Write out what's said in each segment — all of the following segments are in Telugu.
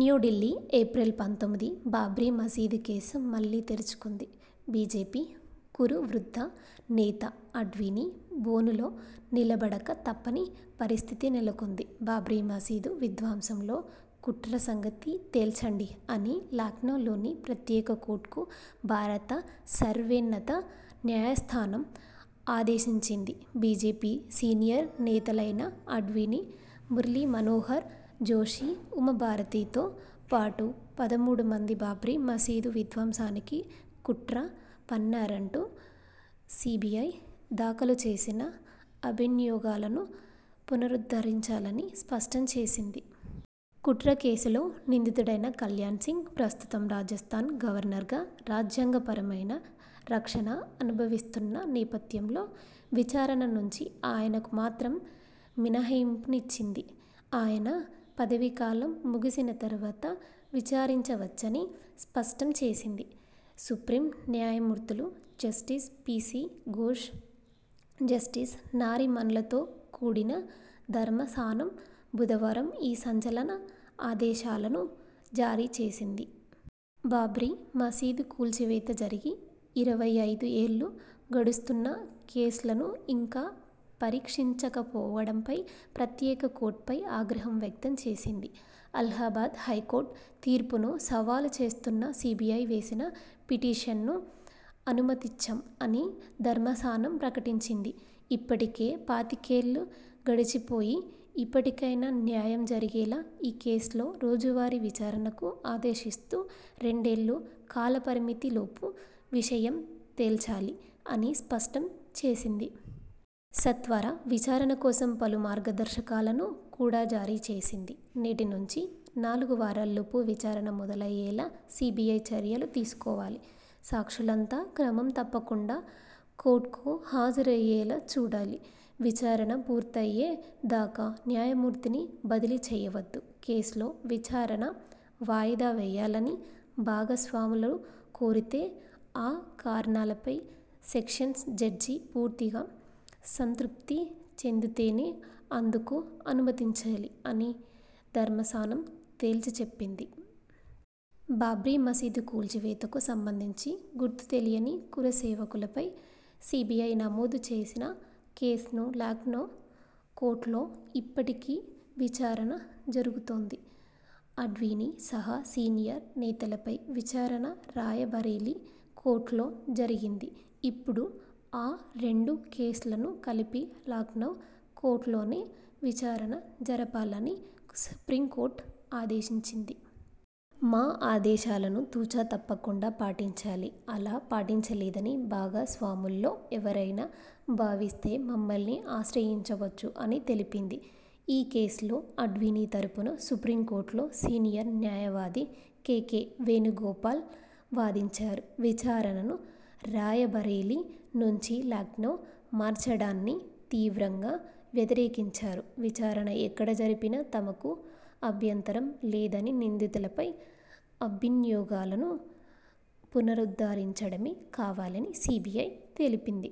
న్యూఢిల్లీ, ఏప్రిల్ పంతొమ్మిది బాబ్రీ మసీదు కేసు మళ్లీ తెరుచుకుంది. బీజేపీ కురువృద్ధ నేత ఆడ్వాణీ బోనులో నిలబడక తప్పని పరిస్థితి నెలకొంది. 'బాబ్రీ మసీదు విధ్వంసంలో కుట్ర సంగతి తేల్చండి' అని లఖ్నవ్లోని ప్రత్యేక కోర్టుకు భారత సర్వోన్నత న్యాయస్థానం ఆదేశించింది. బీజేపీ సీనియర్ నేతలైన ఆడ్వాణీ, మురళీమనోహర్ జోషి, ఉమాభారతితో పాటు పదమూడుమంది బాబ్రీ మసీదు విధ్వంసానికి కుట్ర పన్నారంటూ సీబీఐ దాఖలు చేసిన అభియోగాలను పునరుద్ధరించాలని స్పష్టం చేసింది. కుట్ర కేసులో నిందితుడైన కల్యాణ్సింగ్ ప్రస్తుతం రాజస్థాన్ గవర్నర్గా, రాజ్యాంగపరమైన రక్షణ అనుభవిస్తున్న నేపథ్యంలో విచారణ నుంచి ఆయనకు మాత్రం మినహాయింపునిచ్చింది. ఆయన పదవీకాలం ముగిసిన తర్వాత విచారించవచ్చని స్పష్టం చేసింది. సుప్రీం న్యాయమూర్తులు జస్టిస్ పీసీ ఘోష్, జస్టిస్ నారీమన్లతో కూడిన ధర్మాసనం బుధవారం ఈ సంచలన ఆదేశాలను జారీచేసింది. బాబ్రీ మసీదు కూల్చివేత జరిగి ఇరవై ఐదు ఏళ్లు గడుస్తున్నా కేసులను ఇంకా పరిష్కరించకపోవడంపై ప్రత్యేక కోర్టుపై ఆగ్రహం వ్యక్తం చేసింది. ''అలహాబాద్ హైకోర్టు తీర్పును సవాలు చేస్తూ సీబీఐ వేసిన పిటిషన్ను అనుమతించాం'' అని ధర్మాసనం ప్రకటించింది. ''ఇప్పటికే పాతికేళ్లు గడిచిపోయాయి. ఇప్పటికైనా న్యాయం జరిగేలా ఈ కేసులో రోజువారీ విచారణకు ఆదేశిస్తూ రెండేళ్ల కాలపరిమితిలోపు విషయం తేల్చాలి'' అని స్పష్టం చేసింది. సత్వర విచారణ కోసం పలు మార్గదర్శకాలను కూడా జారీ చేసింది. ''నేటి నుంచి నాలుగు వారాల్లోపు విచారణ మొదలయ్యేలా సీబీఐ చర్యలు తీసుకోవాలి. సాక్షులంతా క్రమం తప్పకుండా కోర్టుకు హాజరయ్యేలా చూడాలి. విచారణ పూర్తయ్యే దాకా న్యాయమూర్తిని బదిలీ చేయవద్దు! కేసులో విచారణ వాయిదా వేయాలని భాగస్వాములు కోరితే ఆ కారణాలపై సెషన్స్ జడ్జి పూర్తిగా సంతృప్తి చెందితేనే అందుకు అనుమతించాలి'' అని ధర్మాసనం తేల్చిచెప్పింది. బాబ్రీ మసీదు కూల్చివేతకు సంబంధించి 'గుర్తు తెలియని కరసేవకులపై' సీబీఐ నమోదు చేసిన కేసును లఖ్నవ్ కోర్టులో ఇప్పటికీ విచారణ జరుగుతోంది. ఆడ్వాణీ సహా సీనియర్ నేతలపై విచారణ రాయబరేలీ కోర్టులో జరిగింది. ఇప్పుడు ఆ రెండు కేసులనూ కలిపి లఖ్నవ్ కోర్టులోనే విచారణ జరపాలని సుప్రీంకోర్టు ఆదేశించింది. ''మా ఆదేశాలను తు. చ. తప్పకుండా పాటించాలి. అలా పాటించలేదని భాగస్వాముల్లో ఎవరైనా భావిస్తేమమ్మల్ని ఆశ్రయించవచ్చు'' అని తెలిపింది. ఈ కేసులో ఆడ్వాణీ తరఫున సుప్రీంకోర్టులో సీనియర్ న్యాయవాది కేకే వేణుగోపాల్ వాదించారు. విచారణను రాయబరేలీ నుంచి లఖ్నవ్కు మార్చడాన్ని తీవ్రంగా వ్యతిరేకించారు. విచారణ ఎక్కడ జరిపినా తమకు అభ్యంతరం లేదనినిందితులపై అభియోగాలను పునరుద్ధరించడమే కావాలని సీబీఐ తెలిపింది.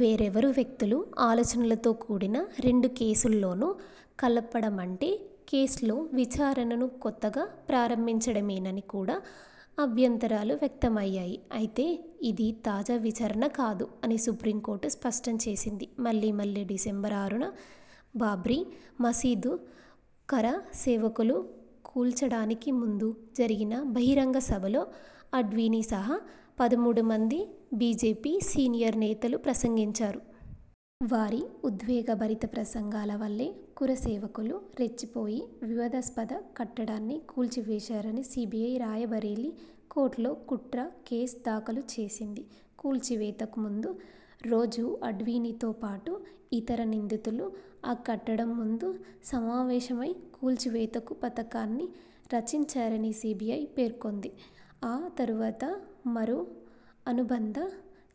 వేర్వేరు వ్యక్తులు, అంశాలతో కూడిన రెండు కేసులను కలపడమంటే కేసులో విచారణను కొత్తగా ప్రారంభించడమేనని కూడా అభ్యంతరాలు వ్యక్తమయ్యాయి. అయితే ఇది 'తాజా విచారణ కాదు' అని సుప్రీంకోర్టు స్పష్టం చేసింది. మళ్లీమళ్లీ డిసెంబర్ ఆరున బాబ్రీ మసీదును కరసేవకులు కూల్చడానికి ముందు జరిగిన బహిరంగ సభలో ఆడ్వాణీ సహా పదమూడుమంది బీజేపీ సీనియర్ నేతలు ప్రసంగించారు. వారి ఉద్వేగభరిత ప్రసంగాల వల్లే కరసేవకులు రెచ్చిపోయి వివాదాస్పద కట్టడాన్ని కూల్చివేశారని సీబీఐ రాయబరేలీ కోర్టులో కుట్ర కేసు దాఖలు చేసింది. కూల్చివేతకు ముందు రోజు ఆడ్వాణీతోపాటు ఇతర నిందితులు ఆ కట్టడం ముందు సమావేశమై, కూల్చివేత కు పథకాన్ని రచించారని సీబీఐ పేర్కొంది. ఆ తర్వాత మరో అనుబంధ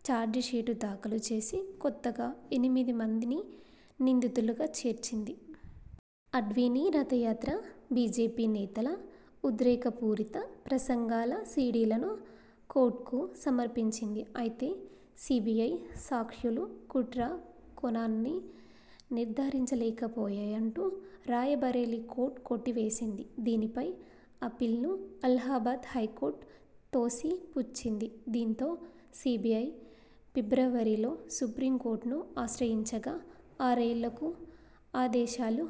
చార్జిషీటు దాఖలు చేసి కొత్తగా ఎనిమిది మందిని నిందితులుగా చేర్చింది. ఆడ్వాణీ రథయాత్ర, బీజేపీ నేతల ఉద్రేకపూరిత ప్రసంగాల సీడీలనూ కోర్టుకు సమర్పించింది. అయితే, సీబీఐ సాక్ష్యాలు కుట్ర కోణాన్ని నిర్ధారించలేకపోయాయంటూ రాయబరేలీ కోర్టు కొట్టివేసింది. దీనిపై అప్పీల్ను అలహాబాద్ హైకోర్టు తోసిపుచ్చింది. దీంతో సీబీఐ ఫిబ్రవరిలో సుప్రీంకోర్టును ఆశ్రయించగా ఆరేళ్లకు ఆదేశాలు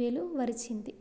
వెలువరించింది.